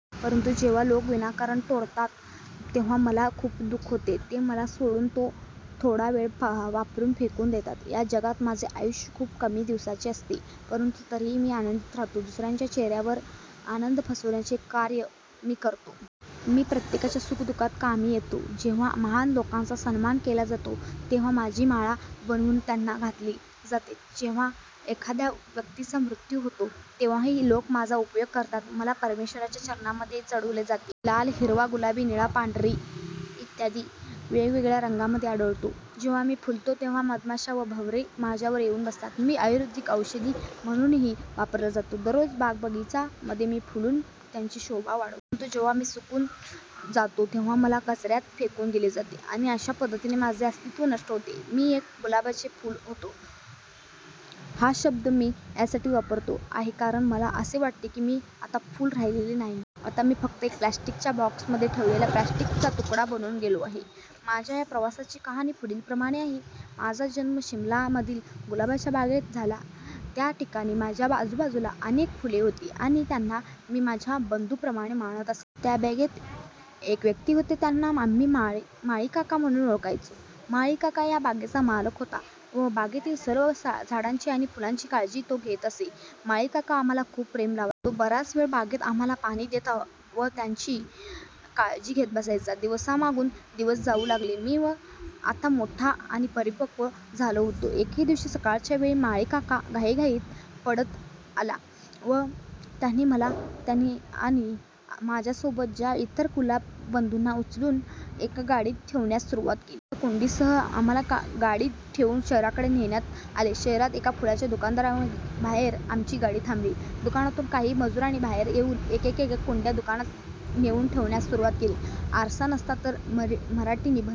परंतु जेव्हा लोक मला विनाकारण तोडतात तेव्हा मला खूप दुःख होते ते मला तोडून थोडा वेळ वापरून फेकून देतात. या जगात माझे आयुष्य खूप कमी दिवसांचे असते, परंतु तरीही मी आनंदित राहतो. दुसऱ्यांच्या चेहर्यायावर आनंद पसरवण्याचे कार्य मी करतो. मी प्रत्येकाच्या सुख-दुःखात कामी येतो. जेव्हा महान लोकांचा सन्मान केला जातो तेव्हा माझी माळा बनवून त्यांना घातली जाते. जेव्हा एखाद्या व्यक्तीचा मृत्यू होतो तेव्हाही लोक माझा उपयोग करतात. मला परमेश्वराच्या चरणांमध्ये चढवले जाते. मी लाल, हिरवा, गुलाबी, निळा, पांढरा इत्यादी वेगवेगळ्या रंगांमध्ये आढळतो. जेव्हा मी फुलतो तेव्हा मधमाश्या व भवरे माझ्यावर येऊन बसतात. मी आयुर्वेदिक औषधी म्हणूनही वापरला जातो. दररोज बाग बगीचा मध्ये फुलून त्यांची शोभा वाढवतो. परंतु जेव्हा मी सुकून जातो तेव्हा मला कचर्यात फेकून दिले जाते आणि अशा पद्धतीने माझे अस्तित्व नष्ट होते. मी एक गुलाबाचे फुल होतो. "होतो" हा शब्द मी यासाठी वापरतो आहे कारण मला असे वाटते की मी आता फुल राहिलेलो नाही. आता मी फक्त एका प्लास्टिकच्या बॉक्समध्ये ठेवलेला प्लास्टिक चा तुकडा बनून गेलो आहे. माझ्या या प्रवासाची कहाणी पुढील प्रमाणे आहे. माझा जन्म शिमला मधील गुलाबाच्या एका बागेत झाला. त्या ठिकाणी माझ्या आजूबाजूला अनेक फुले होती आणि त्यांना मी माझ्या बंधू प्रमाणे मानत असे. त्या बागेत एक व्यक्ती होते त्यांना आम्ही माळी काका म्हणून ओळखायचो. माळी काका या बागेचा मालक होता. व बागेतील सर्व झाडांची आणि फुलांची काळजी तो घेत असे. माळी काका आम्हाला खूप प्रेम लावायचा. तो बराच वेळ बागेत आम्हाला पाणी देत व आमची काळजी घेत बसायचा. दिवसामागून दिवस जाऊ लागले. व मी आता मोठा आणि परिपक्व झालो होतो. एके दिवशी सकाळच्या वेळी माळी काका घाईघाईत पडत आला व त्याने मला आणि माझ्यासोबत च्या इतर गुलाब बंधूंना उचलून एका गाडीत ठेवण्यास सुरुवात केली. आमच्या कुंड्यांसह आम्हाला गाडीत ठेवून शहराकडे नेण्यात आले. शहरात एका फुलांच्या दुकानाबाहेर आमची गाडी थांबली. दुकानातून काही मजुरांनी बाहेर येऊन एक-एक कुंड्या दुकानात नेऊन ठेवण्यास सुरुवात केली. आरसा नसता तर मराठी निबंध <<वाचा येथे।